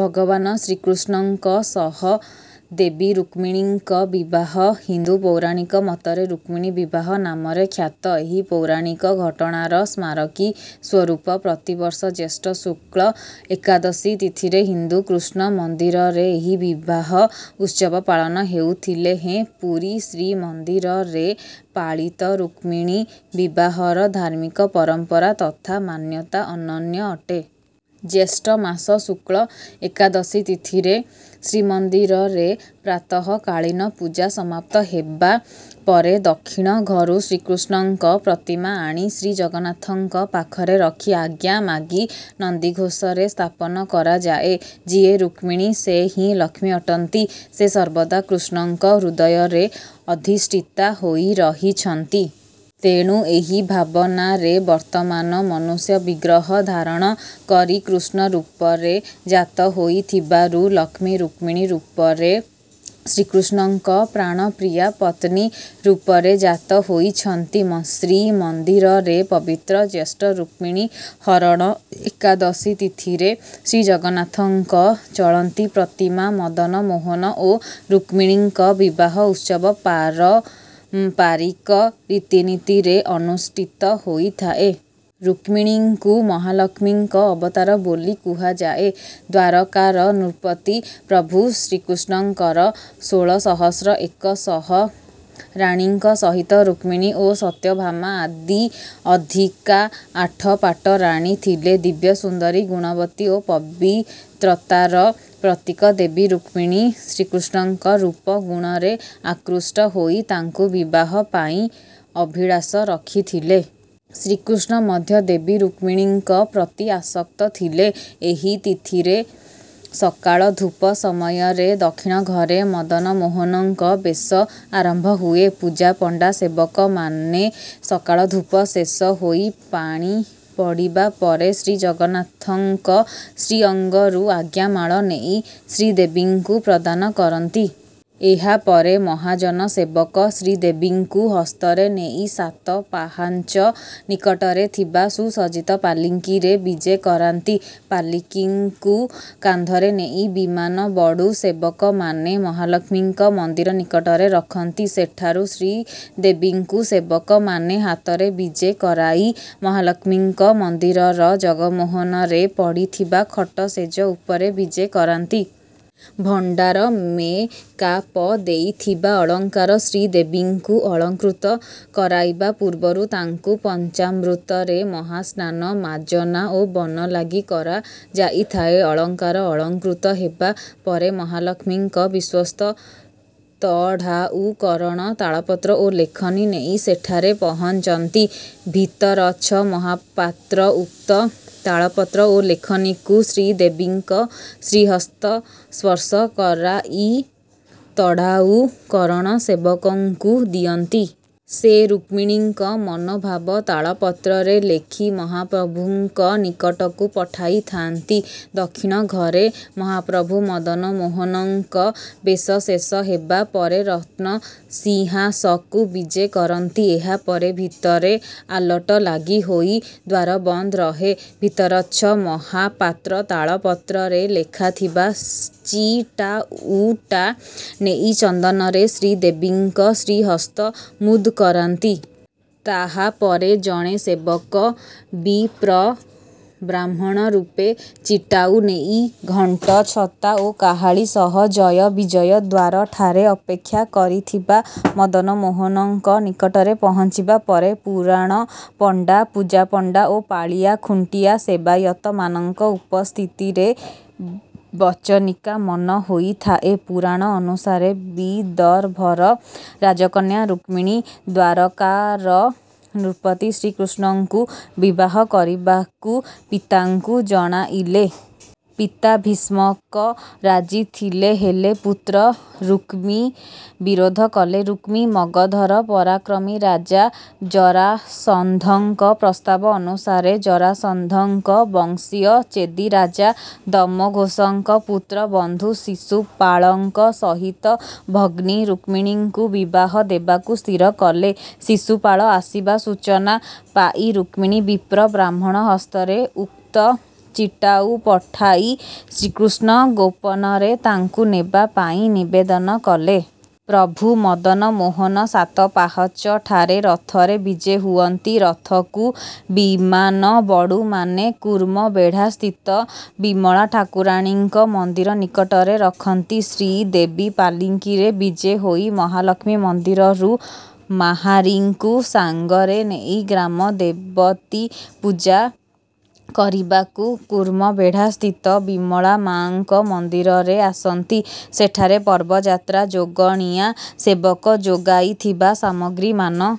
ଭଗବାନ ଶ୍ରୀକୃଷ୍ଣଙ୍କ ସହ ଦେବୀ ରୁକ୍ମିଣୀଙ୍କ ବିବାହ ହିନ୍ଦୁ ପୌରାଣିକ ମତରେ ରୁକ୍ମିଣୀ ବିବାହ ନାମରେ ଖ୍ୟାତ। ଏହି ପୌରାଣିକ ଘଟଣାର ସ୍ମାରକୀ ସ୍ୱରୂପ ପ୍ରତିବର୍ଷ ଜ୍ୟେଷ୍ଠ ଶୁକ୍ଳ ଏକାଦଶୀ ତିଥିରେ ହିନ୍ଦୁ କୃଷ୍ଣ ମନ୍ଦିରରେ ଏହି ବିବାହ ଉତ୍ସବ ପାଳନ ହେଉଥିଲେ ହେଁ ପୁରୀ ଶ୍ରୀମନ୍ଦିରରେ ପାଳିତ ରୁକ୍ମିଣୀ ବିବାହର ଧାର୍ମିକ ପରମ୍ପରା ତଥା ମାନ୍ୟତା ଅନନ୍ୟ ଅଟେ। ଜ୍ୟେଷ୍ଠ ମାସ ଶୁକ୍ଳ ଏକାଦଶୀ ତିଥିରେ ଶ୍ରୀମନ୍ଦିରରେ ପ୍ରାତଃକାଳୀନ ପୂଜା ସମାପ୍ତ ହେବା ପରେ ଦକ୍ଷିଣ ଘରୁ ଶ୍ରୀକୃଷ୍ଣଙ୍କ ପ୍ରତିମା ଆଣି ଶ୍ରୀଜଗନ୍ନାଥଙ୍କ ପାଖରେ ରଖି ଆଜ୍ଞା ମାଗି ନନ୍ଦିଘୋଷରେ ସ୍ଥାପନ କରାଯାଏ। ଯିଏ ରୁକ୍ମିଣୀ ସେ ହିଁ ଲକ୍ଷ୍ମୀ ଅଟନ୍ତି। ସେ ସର୍ବଦା କୃଷ୍ଣଙ୍କ ହୃଦୟରେ ଅଧିଷ୍ଠିତା ହୋଇରହିଛନ୍ତି। ତେଣୁ ଏହି ଭାବନାରେ ବର୍ତ୍ତମାନ ମନୁଷ୍ୟ ବିଗ୍ରହ ଧାରଣ କରି କୃଷ୍ଣ ରୂପରେ ଜାତ ହୋଇଥିବାରୁ ଲକ୍ଷ୍ମୀ ରୁକ୍ମିଣୀ ରୂପରେ ଶ୍ରୀକୃଷ୍ଣଙ୍କ ପ୍ରାଣପ୍ରିୟା ପତ୍ନୀ ରୂପରେ ଜାତ ହୋଇଛନ୍ତି। ଶ୍ରୀମନ୍ଦିରରେ ପବିତ୍ର ଜ୍ୟେଷ୍ଠ ରୁକ୍ମିଣୀ ହରଣ ଏକାଦଶୀ ତିଥିରେ ଶ୍ରୀଜଗନ୍ନାଥଙ୍କ ଚଳନ୍ତି ପ୍ରତିମା ମଦନମୋହନ ଓ ରୁକ୍ମିଣୀ ଙ୍କ ବିବାହ ଉତ୍ସବ ପାରମ୍ପାରିକ ରୀତିନୀତିରେ ଅନୁଷ୍ଠିତ ହୋଇଥାଏ। ରୁକ୍ମିଣୀଙ୍କୁ ମହାଲକ୍ଷ୍ମୀଙ୍କ ଅବତାର ବୋଲି କୁହାଯାଏ। ଦ୍ୱାରକାର ନୃପତି ପ୍ରଭୁ ଶ୍ରୀକୃଷ୍ଣଙ୍କର ଷୋଳ ସହସ୍ର ଏକ ଶହ ରାଣୀଙ୍କ ସହିତ ରୁକ୍ମିଣୀ ଓ ସତ୍ୟଭାମା ଆଦି ଅଧିକା ଆଠ ପାଟରାଣୀ ଥିଲେ। ଦିବ୍ୟ ସୁନ୍ଦରୀ, ଗୁଣବତୀ ଓ ପବିତ୍ରତାର ପ୍ରତୀକ ଦେବୀ ରୁକ୍ମିଣୀ ଶ୍ରୀକୃଷ୍ଣଙ୍କ ରୂପ, ଗୁଣରେ ଆକୃଷ୍ଟ ହୋଇ ତାଙ୍କୁ ବିବାହ ପାଇଁ ଅଭିଳାଷ ରଖିଥିଲେ। ଶ୍ରୀକୃଷ୍ଣ ମଧ୍ୟ ଦେବୀ ରୁକ୍ମିଣୀଙ୍କ ପ୍ରତି ଆସକ୍ତ ଥିଲେ। ଏହି ତିଥିରେ ସକାଳ ଧୂପ ସମୟରେ ଦକ୍ଷିଣ ଘରେ ମଦନମୋହନଙ୍କ ବେଶ ଆରମ୍ଭ ହୁଏ। ପୂଜାପଣ୍ଡା ସେବକମାନେ ସକାଳ ଧୂପ ଶେଷ ହୋଇ ପାଣି ପଡ଼ିବା ପରେ ଶ୍ରୀଜଗନ୍ନାଥଙ୍କ ଶ୍ରୀଅଙ୍ଗରୁ ଆଜ୍ଞାମାଳ ନେଇ ଶ୍ରୀଦେବୀଙ୍କୁ ପ୍ରଦାନ କରନ୍ତି। ଏହାପରେ ମହାଜନ ସେବକ ଶ୍ରୀଦେବୀଙ୍କୁ ହସ୍ତରେ ନେଇ ସାତ ପାହାଞ୍ଚ ନିକଟରେ ଥିବା ସୁସଜ୍ଜିତ ପାଲିଙ୍କିରେ ବିଜେ କରାନ୍ତି। ପାଲିଙ୍କିକୁ କାନ୍ଧରେ ନେଇ ବିମାନବଡୁ ସେବକମାନେ ମହାଲକ୍ଷ୍ମୀଙ୍କ ମନ୍ଦିର ନିକଟରେ ରଖନ୍ତି। ସେଠାରୁ ଶ୍ରୀଦେବୀଙ୍କୁ ସେବକମାନେ ହାତରେ ବିଜେ କରାଇ ମହାଲକ୍ଷ୍ମୀଙ୍କ ମନ୍ଦିରର ଜଗମୋହନରେ ପଡ଼ିଥିବା ଖଟ ଶେଯ ଉପରେ ବିଜେ କରାନ୍ତି। ଭଣ୍ଡାର ମେକାପ ଦେଇଥିବା ଅଳଙ୍କାର ଶ୍ରୀଦେବୀଙ୍କୁ ଅଳଙ୍କୃତ କରାଇବା ପୂର୍ବରୁ ତାଙ୍କୁ ପଞ୍ଚାମୃତରେ ମହାସ୍ନାନ, ମାଜଣା ଓ ବନଲାଗି କରାଯାଇଥାଏ। ଅଳଂକାର ଅଳଙ୍କୃତ ହେବା ପରେ ମହାଲକ୍ଷ୍ମୀଙ୍କ ବିଶ୍ୱସ୍ତ ତଢାଉ କରଣ ତାଳପତ୍ର ଓ ଲେଖନୀ ନେଇ ସେଠାରେ ପହଞ୍ଚନ୍ତି। ଭିତରଛ ମହାପାତ୍ର ଉକ୍ତ ତାଳପତ୍ର ଓ ଲେଖନୀକୁ ଶ୍ରୀଦେବୀଙ୍କ ଶ୍ରୀହସ୍ତ ସ୍ପର୍ଶ କରାଇ ତଢାଉ କରଣ ସେବକଙ୍କୁ ଦିଅନ୍ତି। ସେ ରୁକ୍ମିଣୀଙ୍କ ମନୋଭାବ ତାଳପତ୍ରରେ ଲେଖି ମହାପ୍ରଭୁଙ୍କ ନିକଟକୁ ପଠାଇଥାନ୍ତି। ଦକ୍ଷିଣ ଘରେ ମହାପ୍ରଭୁ ମଦନମୋହନଙ୍କ ବେଶ ଶେଷ ହେବା ପରେ ରତ୍ନସିଂହାସକୁ ବିଜେ କରନ୍ତି। ଏହାପରେ ଭିତରେ ଆଲଟ ଲାଗି ହୋଇ ଦ୍ୱାର ବନ୍ଦ ରହେ। ଭିତରଛ ମହାପାତ୍ର ତାଳପତ୍ରରେ ଲେଖାଥିବା ଚିଟାଉଟା ନେଇ ଚନ୍ଦନରେ ଶ୍ରୀଦେବୀଙ୍କ ଶ୍ରୀହସ୍ତ ମୁଦ୍ କରାନ୍ତି। ତାହାପରେ ଜଣେ ସେବକ ବିପ୍ରବ୍ରାହ୍ମଣ ରୂପେ ଚିଟାଉ ନେଇ ଘଣ୍ଟ, ଛତା ଓ କାହାଳୀ ସହ ଜୟ ବିଜୟ ଦ୍ୱାରଠାରେ ଅପେକ୍ଷା କରିଥିବା ମଦନମୋହନଙ୍କ ନିକଟରେ ପହଞ୍ଚିବା ପରେ ପୁରାଣ ପଣ୍ଡା, ପୂଜା ପଣ୍ଡା ଓ ପାଳିଆ ଖୁଣ୍ଟିଆ ସେବାୟତମାନଙ୍କ ଉପସ୍ଥିତିରେ ବଚନିକାମନ ହୋଇଥାଏ। ପୁରାଣ ଅନୁସାରେ ବିଦର୍ଭର ରାଜକନ୍ୟା ରୁକ୍ମିଣୀ ଦ୍ୱାରକାର ନୃପତି ଶ୍ରୀକୃଷ୍ଣଙ୍କୁ ବିବାହ କରିବାକୁ ପିତାଙ୍କୁ ଜଣାଇଲେ। ପିତା ଭୀଷ୍ମକ ରାଜି ଥିଲେ ହେଲେ ପୁତ୍ର ରୁକ୍ମୀ ବିରୋଧ କଲେ। ରୁକ୍ମୀ ମଗଧର ପରାକ୍ରମୀ ରାଜା ଜରାସନ୍ଧଙ୍କ ପ୍ରସ୍ତାବ ଅନୁସାରେ ଜରାସନ୍ଧଙ୍କ ବଂଶୀୟ ଚେଦିରାଜା ଦମଘୋଷଙ୍କ ପୁତ୍ର ବନ୍ଧୁ ଶିଶୁପାଳଙ୍କ ସହିତ ଭଗ୍ନୀ ରୁକ୍ମିଣୀଙ୍କୁ ବିବାହ ଦେବାକୁ ସ୍ଥିର କଲେ। ଶିଶୁପାଳ ଆସିବା ସୂଚନା ପାଇ ରୁକ୍ମିଣୀ ବିପ୍ର ବ୍ରାହ୍ମଣ ହସ୍ତରେ ଉକ୍ତ ଚିଟାଉ ପଠାଇ ଶ୍ରୀକୃଷ୍ଣ ଗୋପନରେ ତାଙ୍କୁ ନେବା ପାଇଁ ନିବେଦନ କଲେ। ପ୍ରଭୁ ମଦନମୋହନ ସାତ ପାହାଚଠାରେ ରଥରେ ବିଜେ ହୁଅନ୍ତି। ରଥକୁ ବିମାନବଡୁମାନେ କୁର୍ମବେଢ଼ାସ୍ଥିତ ବିମଳା ଠାକୁରାଣୀଙ୍କ ମନ୍ଦିର ନିକଟରେ ରଖନ୍ତି। ଶ୍ରୀଦେବୀ ପାଲିଙ୍କିରେ ବିଜେ ହୋଇ ମହାଲକ୍ଷ୍ମୀ ମନ୍ଦିରରୁ ମାହାରୀଙ୍କୁ ସାଙ୍ଗରେ ନେଇ ଗ୍ରାମ ଦେବତୀ ପୂଜା କରିବାକୁ କୁର୍ମବେଢ଼ାସ୍ଥିତ ବିମଳା ମା'ଙ୍କ ମନ୍ଦିରରେ ଆସନ୍ତି। ସେଠାରେ ପର୍ବଯାତ୍ରା ଯୋଗଣିଆ ସେବକ ଯୋଗାଇଥିବା ସାମଗ୍ରୀମାନ